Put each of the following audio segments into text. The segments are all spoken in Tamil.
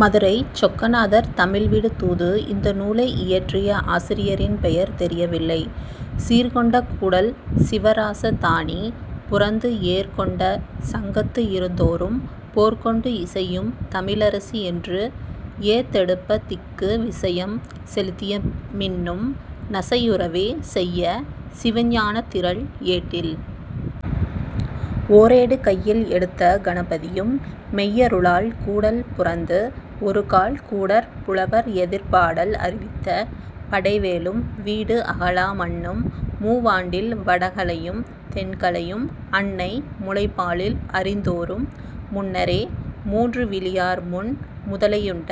மதுரைச் சொக்கநாதர் தமிழ் விடு தூது இந்த நூலை இயற்றிய ஆசிரியரின் பெயர் தெரியவில்லை. சீர்கொண்ட கூடல் சிவராச தானி புரந்து ஏர் கொண்ட சங்கத்துஇருந்தோரும் போர்கொண்டு இசையும் தமிழரசி என்று ஏத்தெடுப்பத் திக்கு விசையம் செலுத்திய மின்னும் நசையுறவே செய்ய சிவஞானத் திரள் ஏட்டில் ஓரேடு கையில் எடுத்த கணபதியும் மெய்யருளால் கூடல் புரந்து ஒருகால் கூடற் புலவர்எதிர் பாடல் அறிவித்த படைவேளும் வீடு அகலா மன்னும் மூவாண்டில் வடகலையும் தென்கலையும் அன்னை முலைப்பாலில் அறிந்தோரும் முன்னரே மூன்று விழியார் முன் முதலையுண்ட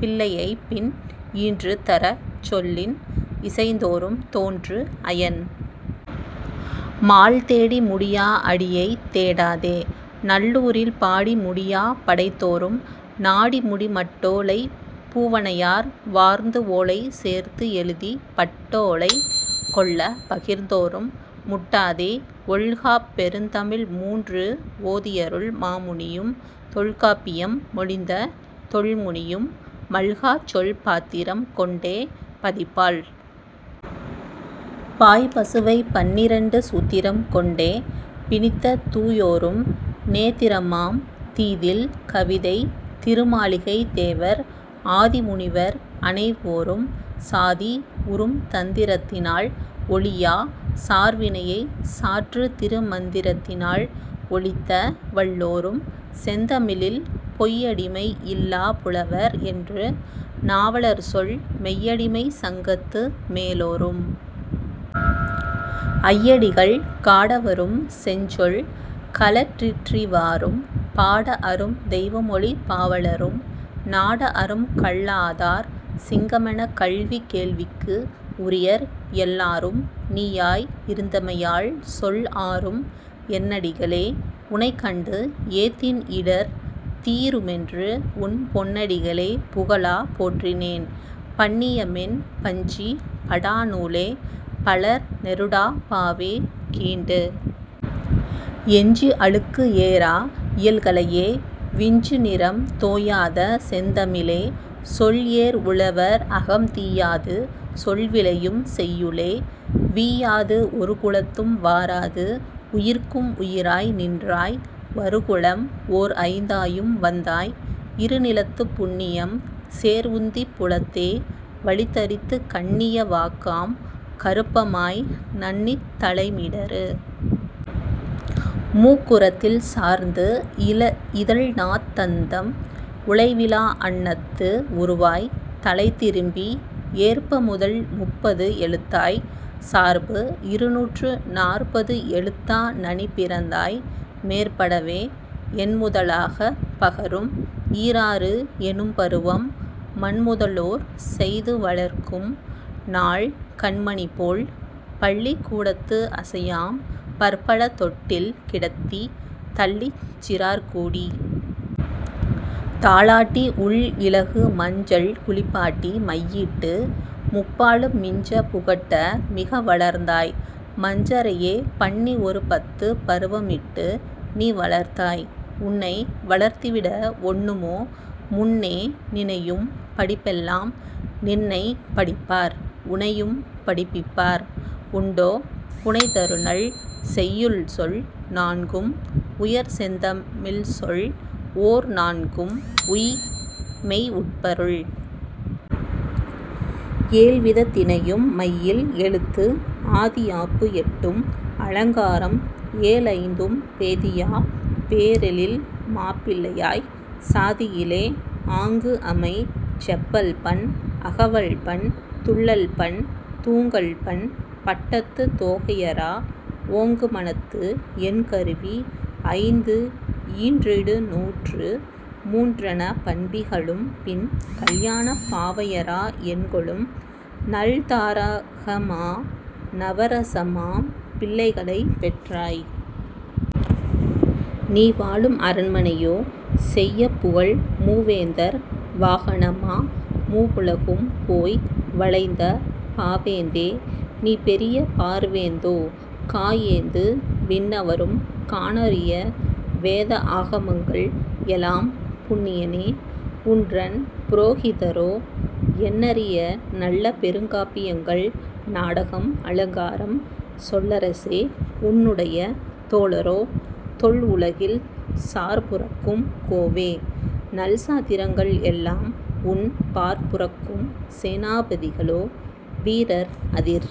பிள்ளையைப்பின் ஈன்றுதரச் சொல்லின் இசைந்தோரும் தோன்று அயன் மால் தேடி முடியா அடியைத் தேடாதே நல்லூரில் பாடி முடியாப் படைத்தோரும் நாடிமுடி மட்டோ லைப் பூவனையார் வார்ந்துஓலை சேர்த்துஎழுதிப் பட்டோ லை கொள்ளப் பகிர்ந்தோரும் முட்டாதே ஒல்காப் பெருந்தமிழ் மூன்று ஓதியருள் மாமுனியும் தொல்காப்பியம் மொழிந்த தொல்முனியும் மல்காச் சொல் பாத்திரம் கொண்டே பதிபால் பாய் பசுவைப் பன்னிரண்டு சூத்திரம் கொண்டே பிணித்த தூயோரும் நேத்திரமாம் தீதில் கவிதைத் திருமாளிகைத் தேவர் ஆதி முனிவர் அனைவோரும் சாதி, உறும் தந்திரத்தினால் ஒழியாச் சார்வினையைச் சாற்றுதிரு மந்திரத்தினால் ஒழித்த வல்லோரும் செந்தமிழில் பொய்யடிமை இல்லாப் புலவர் என்று நாவலர்சொல் மெய்யடிமைச் சங்கத்து மேலோரும் ஐயடிகள் காடவரும் செஞ் சொல் கழறிற்றறிவாரும் பாடஅரும் தெய்வமொழிப் பாவலரும் நாடஅரும் கல்லாதார் சிங்கமெனக் கல்வி கேள்விக்கு உரியர் எல்லாரும் நீயாய் இருந்தமையால் சொல் ஆரும் என்னடிகளே உனைக்கண்டு ஏத்தின்இடர் தீருமென்றுஉன் பொன்னடிகளே புகலாப் போற்றினேன் பன்னியமென் பஞ்சி படா நூலே பலர்நெருடாப் பாவே கீண்டு எஞ்சி அழுக்கு ஏறா இயல்கலையே விஞ்சுநிறம் தோயாத செந்தமிழே சொல்ஏர் உழவர் அகம் தீயாது சொல்விளையும் செய்யுளே வீயாது ஒருகுலத்தும் வாராது உயிர்க்கு உயிராய் நின்றாய் வருகுலம் ஓர் ஐந்தாயும் வந்தாய் இருநிலத்துப் புண்ணியம் சேர்உந்திப் புலத்தே வளிதரித்துக் கண்ணிய வாக்காம் கருப்பமாய் நண்ணித் தலைமிடறு மூக்குரத்தில் சார்ந்து இதழ்நாத் தந்தம் உலைவிலா அண்ணத்து உருவாய்த் தலைதிரும்பி ஏற்பமுதல் முப்பது எழுத்தாய்ச் சார்பு இருநூற்று நாற்பது எழுத்தா நனிபிறந்தாய் மேற்படவே எண்முதலாகப் பகரும் ஈராறு எனும்பருவம் மண்முதலோர் செய்துவளர்க்கும் நாள் கண்மணிபோல் பள்ளிக்கூ டத்து அசையாம் பற்பல தொட்டில் கிடத்தித் தள்ளிச் சிறார்கூடித் தாலாட்டி உள் இலகு மஞ்சள் குளிப்பாட்டி மையிட்டு முப்பாலும் மிஞ்சப் புகட்ட மிக வளர்ந்தாய் மஞ்சரையே பன்னிஒரு பத்துப் பருவமிட்டு நீவளர்த்தாய் உன்னை வளர்த்துவிட ஒண்ணுமோ முன்னே நினையும் படிப்பெல்லாம் நின்னைப் படிப்பார் உனையும் படிப்பிப்பார் உண்டோ புனைதருநல் செய்யுள்சொல் நான்கும்உயர் செந்தமிழ்ச்சொல் ஓர்நான்கும் மெய்உட்பொருள் ஏழ்விதத் திணையும் மையில் எழுத்து ஆதியாப்பு எட்டும் அலங்காரம் ஏழ்ஐந்தும் பேதியாப் பேரெழில் மாப்பிள்ளையாய்ச் சாதியிலே ஆங்குஅமை செப்பல்பண் அகவல்பண் துள்ளல்பண் தூங்கல்பண் பட்டத்துத் தோகையரா ஓங்குமனத்து எண் கருவி ஐந்துஈன்றிடு நூற்று மூன்றான பண்களும்பின் கல்யாணப் பாவையரா எண்கொளும் நல்தாரகமா நவரசமாம் பிள்ளைகளைப் பெற்றாய் நீ வாழும் அரண்மனையோ செய்யபுகழ் மூ வேந்தர் வாகனமா மூவுலகும் போய் வளைந்த பாவேந்தே நீ பெரிய பார்வேந்தோ கா ஏந்து விண்ணவரும் காணரிய வேத ஆகமங்கள் எலாம் புண்ணியனே உன்றன் புரோகிதரோ எண்ணரிய நல்ல பெருங்காப்பியங்கள் நாடகம் அலங்காரம் சொல்லரசே உன்னுடைய தோழரோ தொல் உலகில் சார்புரக்கும் கோவே நல்சாத்திரங்கள் எல்லாம் உன் பார் புரக்கும் சேனாபதிகளோ வீரர் அதிர்।